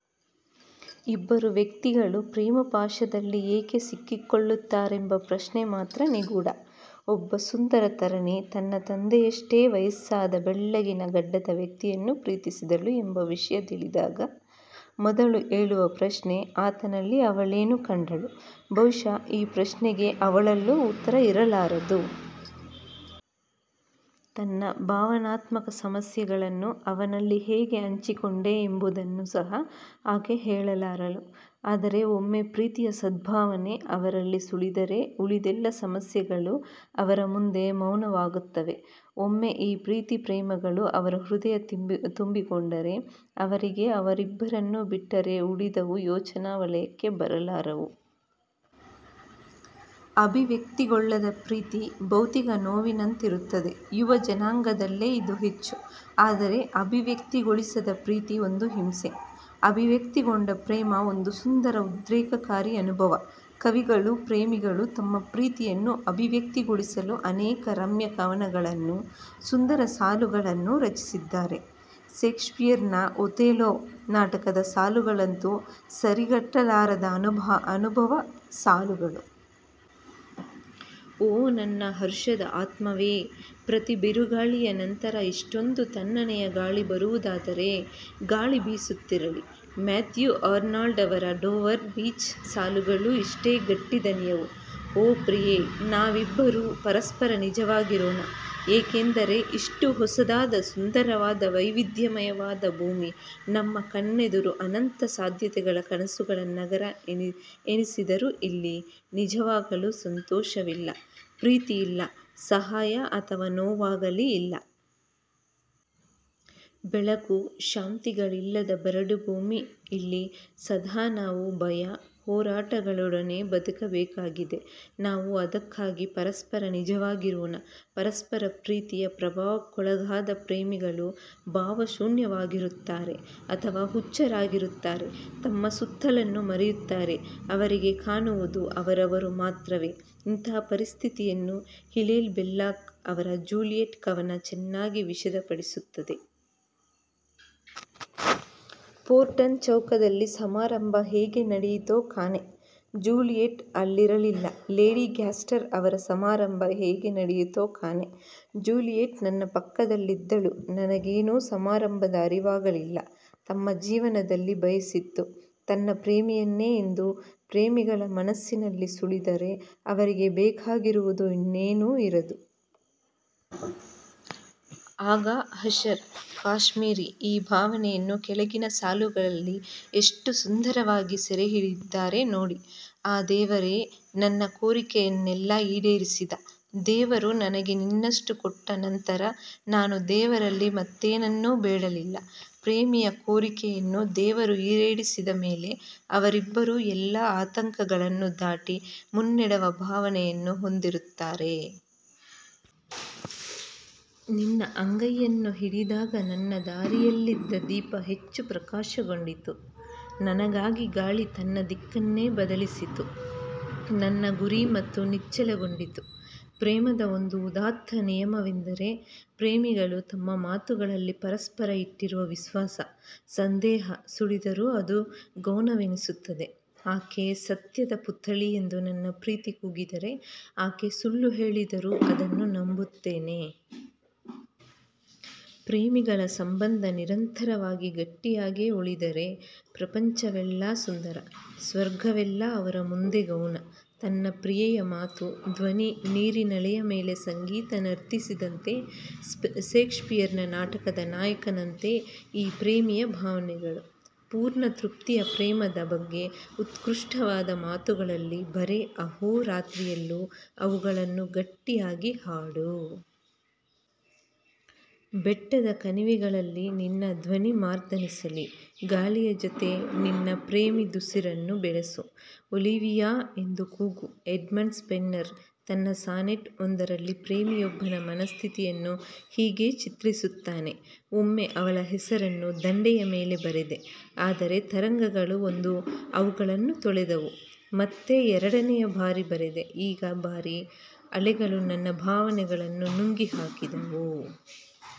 ಇಬ್ಬರು ವ್ಯಕ್ತಿಗಳು ಪ್ರೇಮಪಾಶದಲ್ಲಿ ಏಕೆ ಸಿಕ್ಕಿಕೊಳ್ಳುತ್ತಾರೆಂಬ ಪ್ರಶ್ನೆ ಮಾತ್ರ ನಿಗೂಢ. ಒಬ್ಬ ಸುಂದರ ತರಣಿ ತನ್ನ ತಂದೆಯಷ್ಟೇ ವಯಸ್ಸಾದ ಬೆಳ್ಳಗಿನ ಗಡ್ಡದ ವ್ಯಕ್ತಿಯನ್ನು ಪ್ರೀತಿಸಿದಳು ಎಂಬ ವಿಷಯ ತಿಳಿದಾಗ ಮೊದಲು ಏಳುವ ಪ್ರಶ್ನೆ – ಆತನಲ್ಲಿ ಅವಳೇನು ಕಂಡಳು? ಬಹುಶಃ ಈ ಪ್ರಶ್ನೆಗೆ ಅವಳಲ್ಲೂ ಉತ್ತರ ಇರಲಾರದು. ತನ್ನ ಭಾವನಾತ್ಮಕ ಸಮಸ್ಯೆಗಳನ್ನು ಅವನಲ್ಲಿ ಹೇಗೆ ಹಂಚಿಕೊಂಡೆ ಎಂಬುದನ್ನು ಸಹ ಆಕೆ ಹೇಳಲಾರಳು. ಆದರೆ ಒಮ್ಮೆ ಪ್ರೀತಿಯ ಸದ್ಭಾವನೆ ಅವರಲ್ಲಿ ಸುಳಿದರೆ ಉಳಿದೆಲ್ಲ ಸಮಸ್ಯೆಗಳು ಅವರ ಮುಂದೆ ಗೌಣವಾಗುತ್ತವೆ. ಒಮ್ಮೆ ಈ ಪ್ರೀತಿ ಪ್ರೇಮಗಳು ಅವರ ಹೃದಯ ತುಂಬಿಕೊಂಡರೆ ಅವರಿಗೆ ಅವರಿಬ್ಬರನ್ನು ಬಿಟ್ಟರೆ ಉಳಿದವು ಯೋಚನಾ ವಲಯಕ್ಕೆ ಬರಲಾರವು. ಅಭಿವ್ಯಕ್ತಿಗೊಳ್ಳದ ಪ್ರೀತಿ ಭೌತಿಕ ನೋವಿನಂತಿರುತ್ತದೆ. ಯುವ ಜನಾಂಗದಲ್ಲೇ ಇದು ಹೆಚ್ಚು. ಆದರೆ ಅಭಿವ್ಯಕ್ತಿಗೊಳಿಸದ ಪ್ರೀತಿ ಒಂದು ಹಿಂಸೆ. ಅಭಿವ್ಯಕ್ತಿಗೊಂಡ ಪ್ರೇಮ ಒಂದು ಸುಂದರ ಉದ್ರೇಕಕಾರಿ ಅನುಭವ. ಕವಿಗಳು ಪ್ರೇಮಿಗಳು ತಮ್ಮ ಪ್ರೀತಿಯನ್ನು ಅಭಿವ್ಯಕ್ತಿಗೊಳಿಸಲು ಅನೇಕ ರಮ್ಯ ಕವನಗಳನ್ನು, ಸುಂದರ ಸಾಲುಗಳನ್ನು ರಚಿಸಿದ್ದಾರೆ. ಷೇಕ್ಸ್ಪಿಯರ್ನ ಒಥೆಲೋ ನಾಟಕದ ಸಾಲುಗಳಂತೂ ಸರಿಗಟ್ಟಲಾರದ ಅನುಭಾವ ಸಾಲುಗಳು. ಓ ನನ್ನ ಹರುಷದ ಆತ್ಮವೇ! ಪ್ರತಿ ಬಿರುಗಾಳಿಯ ನಂತರ ಇಷ್ಟೊಂದು ತಣ್ಣನೆಯ ಗಾಳಿ ಬರುವುದಾದರೆ, ಗಾಳಿ ಬೀಸುತ್ತಿರಲಿ. ಮ್ಯಾಥ್ಯೂ ಆರ್ನಾಲ್ಡ್ ಅವರ ಡೋವರ್ ಬೀಚ್ ಸಾಲುಗಳೂ ಇಷ್ಟೇ ಗಟ್ಟಿ ದನಿಯವು. ಓ, ಪ್ರಿಯೆ. ನಾವಿಬ್ಬರೂ ಪರಸ್ಪರ ನಿಜವಾಗಿರೋಣ. ಏಕೆಂದರೆ ಇಷ್ಟು ಹೊಸದಾದ, ಸುಂದರವಾದ ವೈವಿಧ್ಯಮಯವಾದ ಭೂಮಿ ನಮ್ಮ ಕಣ್ಣೆದುರು ಅನಂತ ಸಾಧ್ಯತೆಗಳ ಕನಸುಗಳ ನಗರ ಎನಿಸಿದರೂ ಇಲ್ಲಿ, ನಿಜವಾಗಲೂ ಸಂತೋಷವಿಲ್ಲ, ಪ್ರೀತಿಯಿಲ್ಲ ಸಹಾಯ ಅಥವಾ ನೋವಾಗಲೀ ಇಲ್ಲ. ಬೆಳಕು ಶಾಂತಿಗಳಿಲ್ಲದ ಬರಡು ಭೂಮಿ ಇಲ್ಲಿ ಸದಾ ನಾವು ಭಯ, ಹೋರಾಟಗಳೊಡನೆ ಬದುಕಬೇಕಾಗಿದೆ ನಾವು ಅದಕ್ಕಾಗಿ ಪರಸ್ಪರ ನಿಜವಾಗಿರೋಣ. ಪರಸ್ಪರ ಪ್ರೀತಿಯ ಪ್ರಭಾವಕ್ಕೊಳಗಾದ ಪ್ರೇಮಿಗಳು ಭಾವಶೂನ್ಯವಾಗಿರುತ್ತಾರೆ. ಅಥವಾ ಹುಚ್ಚರಾಗಿರುತ್ತಾರೆ. ತಮ್ಮ ಸುತ್ತಲನ್ನು ಮರೆಯುತ್ತಾರೆ. ಅವರಿಗೆ ಕಾಣುವುದು ಅವರವರು ಮಾತ್ರವೇ. ಇಂಥ ಪರಿಸ್ಥಿತಿಯನ್ನು ಹಿಲೇಲ್ ಬೆಲ್ಲಾಕ್ ಅವರ 'ಜೂಲಿಯಟ್' ಕವನ ಚೆನ್ನಾಗಿ ವಿಷದಪಡಿಸುತ್ತದೆ. ಪೊರ್ಟ್ಮನ್ ಚೌಕದಲ್ಲಿ ಸಮಾರಂಭ ಹೇಗೆ ನಡೆಯಿತೋ ಕಾಣೆ? ಜೂಲಿಯೆಟ್ ಅಲ್ಲಿರಲಿಲ್ಲ ಲೇಡಿ ಗ್ಯಾಸ್ಟರ್ ಅವರ ಸಮಾರಂಭ ಹೇಗೆ ನಡೆಯಿತೋ ಕಾಣೆ. ಜೂಲಿಯೆಟ್ ನನ್ನ ಪಕ್ಕದಲ್ಲಿದ್ದಳು ನನಗೇನು ಸಮಾರಂಭದ ಅರಿವಾಗಲಿಲ್ಲ. ತಮ್ಮ ಜೀವನದಲ್ಲಿ ಬಯಸಿದ್ದು ತನ್ನ ಪ್ರೇಮಿಯನ್ನೇ ಎಂದು ಪ್ರೇಮಿಗಳ ಮನಸ್ಸಿನಲ್ಲಿ ಸುಳಿದರೆ ಅವರಿಗೆ ಬೇಕಾಗಿರುವುದು ಇನ್ನೇನೂ ಇರದು. ಆಘಾ ಹಷರ್ ಕಾಶ್ಮೀರಿ ಈ ಭಾವನೆಯನ್ನು ಕೆಳಗಿನ ಸಾಲುಗಳಲ್ಲಿ ಎಷ್ಟು ಸುಂದರವಾಗಿ ಸೆರೆಹಿಡಿದಿದ್ದಾರೆ ನೋಡಿ. ಆ ದೇವರೇ ನನ್ನ ಕೋರಿಕೆಯನ್ನೆಲ್ಲಾ ಈಡೇರಿಸಿದ. ದೇವರು ನನಗೆ ನಿನ್ನನ್ನು ಕೊಟ್ಟ ನಂತರ ನಾನು ದೇವರಲ್ಲಿ ಮತ್ತೇನನ್ನೂ ಬೇಡಲಿಲ್ಲ. ಪ್ರೇಮಿಯ ಕೋರಿಕೆಯನ್ನು ದೇವರು ಈಡೇರಿಸಿದ ಮೇಲೆ ಅವರಿಬ್ಬರೂ ಎಲ್ಲಾ ಆತಂಕಗಳನ್ನು ದಾಟಿ ಮುನ್ನಡೆವ ಭಾವನೆಯನ್ನು ಹೊಂದಿರುತ್ತಾರೆ. ನಿನ್ನ ಅಂಗೈಯನ್ನು ಹಿಡಿದಾಗನನ್ನ ದಾರಿಯಲ್ಲಿದ್ದ ದೀಪ ಹೆಚ್ಚು ಪ್ರಕಾಶಗೊಂಡಿತು. ನನಗಾಗಿ ಗಾಳಿ ತನ್ನ ದಿಕ್ಕನ್ನೇ ಬದಲಿಸಿತು. ನನ್ನ ಗುರಿ ಮತ್ತೂ ನಿಚ್ಚಳಗೊಂಡಿತು. ಪ್ರೇಮದ ಒಂದು ಉದಾತ್ತ ನಿಯಮವೆಂದರೆ ಪ್ರೇಮಿಗಳು ತಮ್ಮ ಮಾತುಗಳಲ್ಲಿ ಪರಸ್ಪರ ಇಟ್ಟಿರುವ ವಿಶ್ವಾಸ. ಸಂದೇಹ ಸುಳಿದರೂ ಅದು ಗೌಣವೆನಿಸುತ್ತದೆ. ಆಕೆ ಸತ್ಯದ ಪುತ್ಥಳಿ ಎಂದು ನನ್ನ ಪ್ರೀತಿ ಕೂಗಿದರೆ ಆಕೆ ಸುಳ್ಳು ಹೇಳಿದರೂ ಅದನ್ನು ನಂಬುತ್ತೇನೆ. ಪ್ರೇಮಿಗಳ ಸಂಬಂಧ ನಿರಂತರವಾಗಿ ಗಟ್ಟಿಯಾಗೇ ಉಳಿದರೆ ಪ್ರಪಂಚವೆಲ್ಲಾ ಸುಂದರ. ಸ್ವರ್ಗವೆಲ್ಲ ಅವರ ಮುಂದೆ ಗೌಣ. ತನ್ನ ಪ್ರಿಯೆಯ ಮಾತು, ಧ್ವನಿ ನೀರಿನಲೆಯ ಮೇಲೆ ಸಂಗೀತ ನರ್ತಿಸಿದಂತೆ ಷೇಕ್ಸ್ಪಿಯರ್ನ ನಾಟಕದ ನಾಯಕನಂತೆ ಈ ಪ್ರೇಮಿಯ ಭಾವನೆಗಳು. ಪೂರ್ಣ ತೃಪ್ತಿಯ ಪ್ರೇಮದ ಬಗ್ಗೆಉತ್ಕೃಷ್ಟವಾದ ಮಾತುಗಳಲ್ಲಿ ಬರೆ. ಆಹೋ ರಾತ್ರಿಯಲ್ಲೂ ಅವುಗಳನ್ನು ಗಟ್ಟಿಯಾಗಿ ಹಾಡು. ಬೆಟ್ಟದ ಕಣಿವೆಗಳಲ್ಲಿ ನಿನ್ನ ಧ್ವನಿಮಾರ್ದನಿಸಲಿ ಗಾಳಿಯ ಜತೆ ನಿನ್ನ ಪ್ರೇಮಿದುಸಿರನ್ನು ಬೆರಸು 'ಒಲಿವಿಯಾ' ಎಂದು ಕೂಗು ಎಡ್ಮಂಡ್ ಸ್ಪೆನ್ಸರ್ ತನ್ನ ಸಾನೆಟ್ ಒಂದರಲ್ಲಿ ಪ್ರೇಮಿಯೊಬ್ಬನ ಮನಸ್ಥಿತಿಯನ್ನು ಹೀಗೆ ಚಿತ್ರಿಸುತ್ತಾನೆ. ಒಮ್ಮೆಅವಳ ಹೆಸರನ್ನು ದಂಡೆಯ ಮೇಲೆ ಬರೆದೆ. ಆದರೆ ತರಂಗಗಳು ಬಂದು ಅವುಗಳನ್ನು ತೊಳೆದವು. ಮತ್ತೆ ಎರಡನೆಯ ಬಾರಿ ಬರೆದೆ. ಈಗ ಭಾರಿ ಅಲೆಗಳು ನನ್ನ ಭಾವನೆಗಳನ್ನು ನುಂಗಿ ಹಾಕಿದವು.